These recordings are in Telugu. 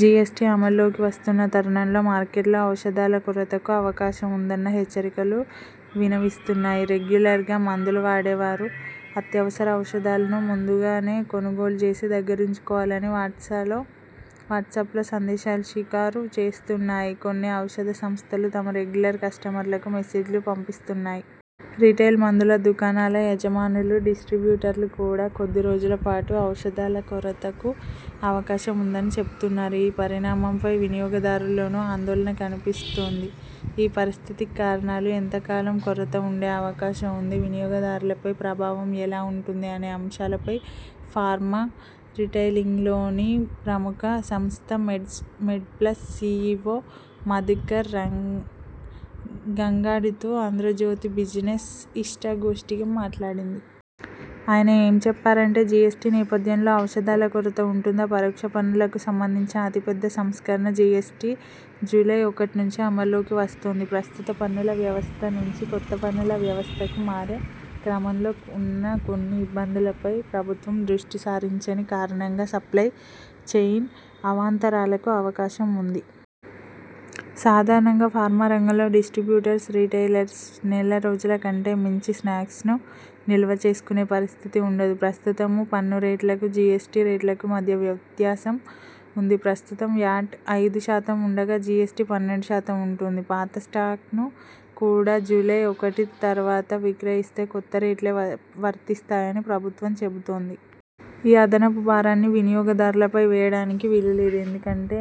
జిఎస్టి అమల్లోకి వస్తున్న తరుణంలో మార్కెట్లో ఔషధాల కొరతకు అవకాశం ఉందన్న హెచ్చరికలు వినవస్తున్నాయి. రెగ్యులర్గా మందులు వాడేవారు అత్యవసర ఔషధాలను ముందు గానే కొనుగోలు చేసి దగ్గరుంచుకోవాలని వాట్స్పలో సందేశాలు షికారు చేస్తున్నాయి. కొన్ని ఔషధ సంస్థలు తమ రెగ్యులర్ కస్టమర్లకు మెసేజ్లు పంపిస్తున్నాయి. రిటైల్ మందుల దుకాణాల యజమానులు, డిస్ట్రిబ్యూటర్లు కూడా కొద్దిరోజుల పాటు ఔషధాల కొరతకు అవకాశం ఉందని చెబుతున్నారు. ఈ పరిణామంపై వినియోగదారుల్లోనూ ఆందోళన కనపిస్తోంది. ఈ పరిస్థితికి కారణాలు, ఎంత కాలం కొరత ఉండే అవకాశం ఉంది, వినియోగదారులపై ప్రభావం ఎలా ఉంటుంది అనే అంశాలపై ఫార్మా రిటైలింగ్లోని ప్రముఖ సంస్థ మెడ్ప్లస్ సిఇఒ మధుకర్ గంగాడితో 'ఆంధ్రజ్యోతి బిజినెస్' ఇష్టాగోష్ఠిగా మాట్లాడింది. ఆయన ఏం చెప్పారంటే జిఎస్టి నేపథ్యంలో ఔషధాల కొరత ఉంటుందా? పరోక్ష పన్నులకు సంబంధించిన అతిపెద్ద సంస్కరణ జిఎస్టి జూలై ఒకటి నుంచి అమల్లోకి వస్తోంది. ప్రస్తుత పన్నుల వ్యవస్థ నుంచి కొత్త పన్నుల వ్యవస్థకు మారే క్రమంలో ఉన్న కొన్ని ఇబ్బందులపై ప్రభుత్వం దృష్టి సారించని కారణంగా సప్లై చెయిన్ అవాంతరాలకు అవకాశం ఉంది. సాధారంగా ఫార్మా రంగంలో డిస్ట్రిబ్యూటర్స్, రిటైలర్స్ నెల రోజుల కంటే మించి స్టాక్స్ను నిల్వ చేసుకునే పరిస్థితి ఉండదు. ప్రస్తుతమున్న పన్ను రేట్లకు జిఎస్టి రేట్లకు మధ్య వ్యత్యాసం ఉంది. ప్రస్తుతం వ్యాట్ ఐదు శాతం ఉండగా, జిఎస్టి పన్నెండు శాతం ఉంటుంది. పాత స్టాక్ను కూడా జూలై ఒకటి తర్వాత విక్రయిస్తే కొత్త రేట్లే వర్తిసాయని ప్రభుత్వం చెబుతోంది. ఈ అదనపు భారాన్ని వినియోగదారులపై వేయడానికి వీలులేదు. ఎందుకంటే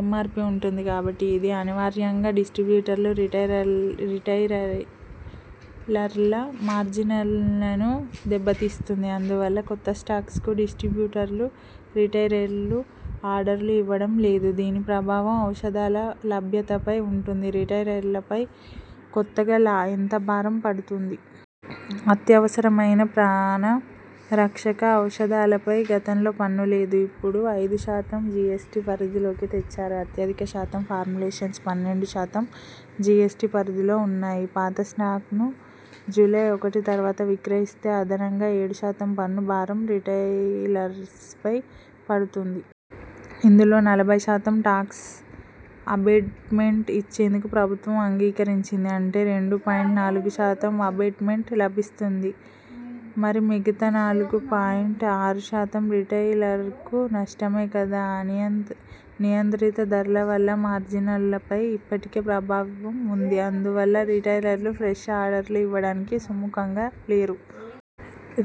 ఎంఆర్పి ఉంటుంది కాబట్టి. ఇది అనివార్యంగా డిస్ట్రిబ్యూటర్లు, రిటైలర్ల మార్జిన్లను దెబ్బతీస్తుంది. అందువల్ల కొత్త స్టాక్స్కు డిస్ట్రిబ్యూటర్లు, రిటైలర్లు ఆర్డర్లు ఇవ్వడం లేదు. దీని ప్రభావం ఔషధాల లభ్యతపై ఉంటుంది. రిటైలర్లపై కొత్తగా ఎంత భారం పడుతుంది? అత్యవసరమైన ప్రాణ రక్షక ఔషధాలపై గతంలో పన్ను లేదు. ఇప్పుడు ఐదు శాతం జిఎస్టి పరిధిలోకి తెచ్చారు. అత్యధిక శాతం ఫార్ములేషన్స్ పన్నెండు శాతం జిఎస్టి పరిధిలో ఉన్నాయి. పాత స్టాక్ను జూలై ఒకటి తర్వాత విక్రయిస్తే అదనంగా ఏడు శాతం పన్ను భారం రిటైలర్స్పై పడుతుంది. ఇందులో నలభై శాతం టాక్స్ అబేట్మెంట్ ఇచ్చేందుకు ప్రభుత్వం అంగీకరించింది. అంటే రెండు పాయింట్ నాలుగు శాతం అబేట్మెంట్ లభిస్తుంది. మరి మిగతా నాలుగు పాయింట్ ఆరు శాతం రిటైలర్కు నష్టమే కదా? నియంత్రిత ధరల వల్ల మార్జిన్లపై ఇప్పటికే ప్రభావం ఉంది. అందువల్ల రిటైలర్లు ఫ్రెష్ ఆర్డర్లు ఇవ్వడానికి సుముఖంగా లేరు.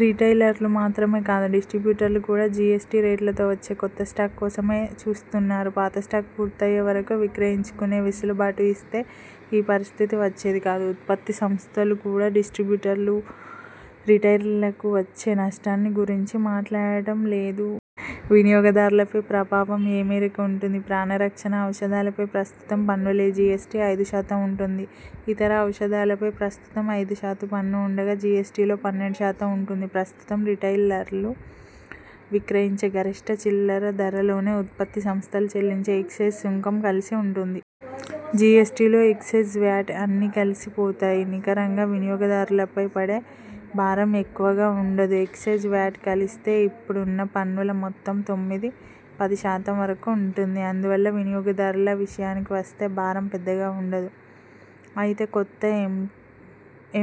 రిటైలర్లు మాత్రమే కాదు. డిస్ట్రిబ్యూటర్లు కూడా జిఎస్టి రేట్లతో వచ్చే కొత్త స్టాక్ కోసమే చూస్తున్నారు. పాత స్టాక్ పూర్తయ్యే వరకు విక్రయించుకునే వెసులుబాటు ఇస్తే ఈ పరిస్థితి వచ్చేది కాదు. ఉత్పత్తి సంస్థలు కూడా డిస్ట్రిబ్యూటర్లు, రిటైలర్లకు వచ్చే నష్టాన్ని గురించి మాట్లాడటం లేదు. వినియోగదారులపై ప్రభావం ఏ మేరకు ఉంటుంది? ప్రాణ రక్షణ ఔషధాలపై ప్రస్తుతం పన్ను లేదు. జిఎస్టి ఐదు శాతం ఉంటుంది. ఇతర ఔషధాలపై ప్రస్తుతం ఐదు శాతం పన్ను ఉండగా జిఎస్టిలో పన్నెండు శాతం ఉంటుంది. ప్రస్తుతం రిటైలర్లు విక్రయించే గరిష్ఠ చిల్లర ధరలోనే ఉత్పత్తి సంస్థలు చెల్లించే ఎక్సైజ్ సుంకం కలిసి ఉంటుంది. జిఎస్టిలో ఎక్సైజ్, వ్యాట్ అన్నీ కలిసి పోతాయి. నికరంగా వినియోగదారులపై పడే భారం ఎక్కువగా ఉండదు. ఎక్సైజ్, వాట్ కలిస్తే ఇప్పుడున్న పన్నుల మొత్తం తొమ్మిది ,పది శాతం వరకు ఉంటుంది. అందువల్ల వినియోగదారుల విషయానికి వస్తే భారం పెద్దగా ఉండదు. అయితే కొత్త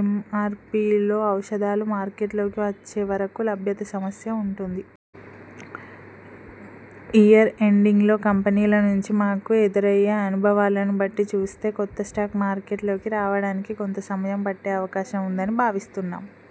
ఎంఆర్పిలో ఔషధాలు మార్కెట్లోకి వచ్చే వరకు లభ్యత సమస్య ఉంటుంది. ఇయర్ ఎండింగ్లో కంపెనీల నుంచి మాకు ఎదురయ్యే అనుభవాలను బట్టి చూస్తే కొత్త స్టాక్ మార్కెట్లోకి రావడానికి కొంత సమయం పట్టే అవకాశం ఉందని భావిస్తున్నాం.